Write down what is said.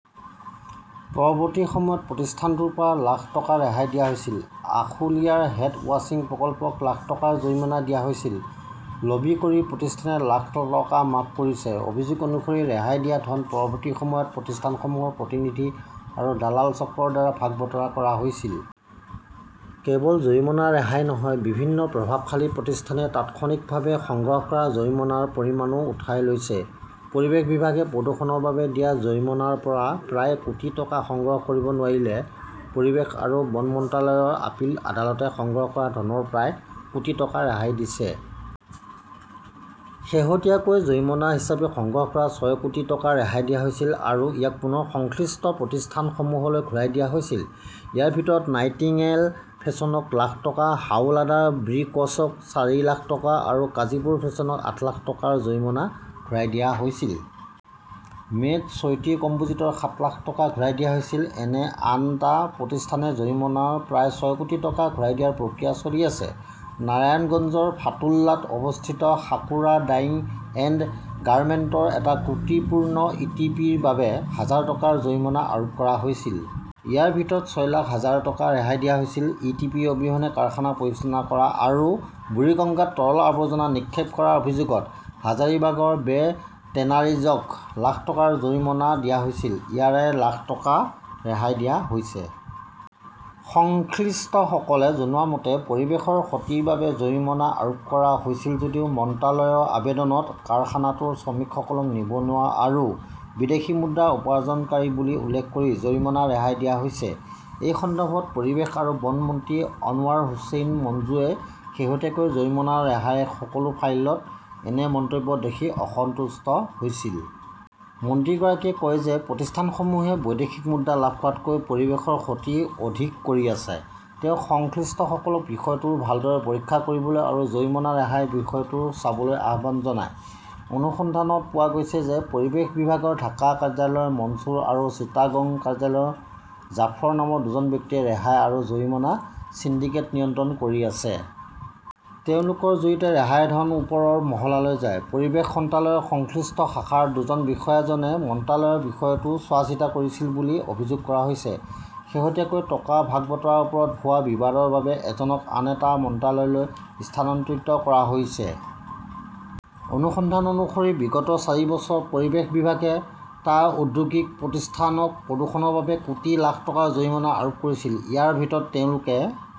পৰৱৰ্তী সময়ত প্ৰতিষ্ঠানটোৰ পৰা লাখ টকা ৰেহাই দিয়া হৈছিল। আশুলিয়াৰ হেড ৱাশ্বিং প্ৰকল্পক লাখ টকাৰ জৰিমনা দিয়া হৈছিল। লবি কৰি প্ৰতিষ্ঠানে লাখ টকা মাফ কৰিছে। অভিযোগ অনুসৰি, ৰেহাই দিয়া ধন পৰৱৰ্তী সময়ত প্ৰতিষ্ঠানসমূহৰ প্ৰতিনিধি আৰু দালাল চক্ৰৰ দ্বাৰা ভাগ-বতৰা কৰা হৈছিল। কেৱল জৰিমনা ৰেহাই নহয়, বিভিন্ন প্ৰভাৱশালী প্ৰতিষ্ঠানে তাৎক্ষণিকভাৱে সংগ্ৰহ কৰা জৰিমনাৰ পৰিমাণও উঠাই লৈছে। পৰিৱেশ বিভাগে প্ৰদূষণৰ বাবে দিয়া জৰিমনাৰ পৰা প্ৰায় কোটি টকা সংগ্ৰহ কৰিব নোৱাৰিলে। পৰিৱেশ আৰু বন মন্ত্ৰালয়ৰ আপীল আদালতে সংগ্ৰহ কৰা ধনৰ প্ৰায় কোটি টকা ৰেহাই দিছে। শেহতীয়াকৈ জৰিমনা হিচাপে সংগ্ৰহ কৰা ছয় কোটি টকা ৰেহাই দিয়া হৈছিল আৰু ইয়াক পুনৰ সংশ্লিষ্ট প্ৰতিষ্ঠানসমূহলৈ ঘূৰাই দিয়া হৈছিল। ইয়াৰ ভিতৰত নাইটিঙেল ফেশ্বনক লাখ টকা, হাওলাডাৰ ব্ৰিকছক চাৰি লাখ টকা আৰু কাজীপুৰ ফেশ্বনক আঠ লাখ টকাৰ জৰিমনা ঘূৰাই দিয়া হৈছিল। মে 'ত চৈতী কম্পোজিটৰ সাত লাখ টকা ঘূৰাই দিয়া হৈছিল। এনে আন টা প্ৰতিষ্ঠানে জৰিমনাৰ প্ৰায় ছয় কোটি টকা ঘূৰাই দিয়াৰ প্ৰক্ৰিয়া চলি আছে। নাৰায়ণগঞ্জৰ ফাতুল্লাত অৱস্থিত সাকুৰা ডাইং এণ্ড গাৰ্মেণ্টৰ এটা ত্ৰুটিপূৰ্ণ ইটিপিৰ বাবে হাজাৰ টকাৰ জৰিমনা আৰোপ কৰা হৈছিল। ইয়াৰ ভিতৰত ছয় লাখ হাজাৰ টকা ৰেহাই দিয়া হৈছিল। ই. টি. পি. অবিহনে কাৰখানা পৰিচালনা কৰা আৰু বুৰিগঙ্গাত তৰল আৱৰ্জনা নিক্ষেপ কৰাৰ অভিযোগত হাজাৰিবাগৰ বে-টেনাৰিজক লাখ টকাৰ জৰিমনা দিয়া হৈছিল। ইয়াৰে লাখ টকা ৰেহাই দিয়া হৈছে। সংশ্লিষ্টসকলে জনোৱা মতে, পৰিৱেশৰ ক্ষতিৰ বাবে জৰিমনা আৰোপ কৰা হৈছিল যদিও মন্ত্ৰালয়ৰ আবেদনত কাৰখানাটোৰ শ্ৰমিকসকলক নিবনুৱা আৰু বিদেশী মুদ্ৰা উপাৰ্জনকাৰী বুলি উল্লেখ কৰি জৰিমনা ৰেহাই দিয়া হৈছে। এই সন্দৰ্ভত পৰিৱেশ আৰু বন মন্ত্ৰী অনৱাৰ হুছেইন মঞ্জুৱে শেহতীয়াকৈ জৰিমনা ৰেহাইৰ সকলো ফাইলত এনে মন্তব্য দেখি অসন্তুষ্ট হৈছিল। মন্ত্ৰীগৰাকীয়ে কয় যে প্ৰতিষ্ঠানসমূহে বৈদেশিক মুদ্ৰা লাভ কৰাতকৈ পৰিৱেশৰ ক্ষতি অধিক কৰি আছে। তেওঁ সংশ্লিষ্টসকলক বিষয়টো ভালদৰে পৰীক্ষা কৰিবলৈ আৰু জৰিমনা ৰেহাইৰ বিষয়টো চাবলৈ আহ্বান জনায়। অনুসন্ধানত পোৱা গৈছে যে পৰিৱেশ বিভাগৰ ঢাকা কাৰ্যালয়ৰ মনছুৰ আৰু চিটাগং কাৰ্যালয়ৰ জাফৰ নামৰ দুজন ব্যক্তিয়ে ৰেহাই আৰু জৰিমনা সিন্ডিকেট নিয়ন্ত্ৰণ কৰি আছে। তেওঁলোকৰ জৰিয়তে ৰেহাইৰ ধন ওপৰৰ মহলালৈ যায়। পৰিৱেশ মন্ত্ৰালয়ৰ সংশ্লিষ্ট শাখাৰ দুজন বিষয়াজনে মন্ত্ৰালয়ৰ বিষয়টো চোৱাচিতা কৰিছিল বুলি অভিযোগ কৰা হৈছে। শেহতীয়াকৈ টকা ভাগ-বতৰাৰ ওপৰত হোৱা বিবাদৰ বাবে এজনক আন এটা মন্ত্ৰালয়লৈ স্থানান্তৰিত কৰা হৈছে। অনুসন্ধান অনুসৰি, বিগত চাৰি বছৰত পৰিৱেশ বিভাগে, টা ঔদ্যোগিক প্ৰতিষ্ঠানক প্ৰদূষণৰ বাবে কোটি লাখ টকাৰ জৰিমনা আৰোপ কৰিছিল। ইয়াৰ ভিতৰত তেওঁলোকে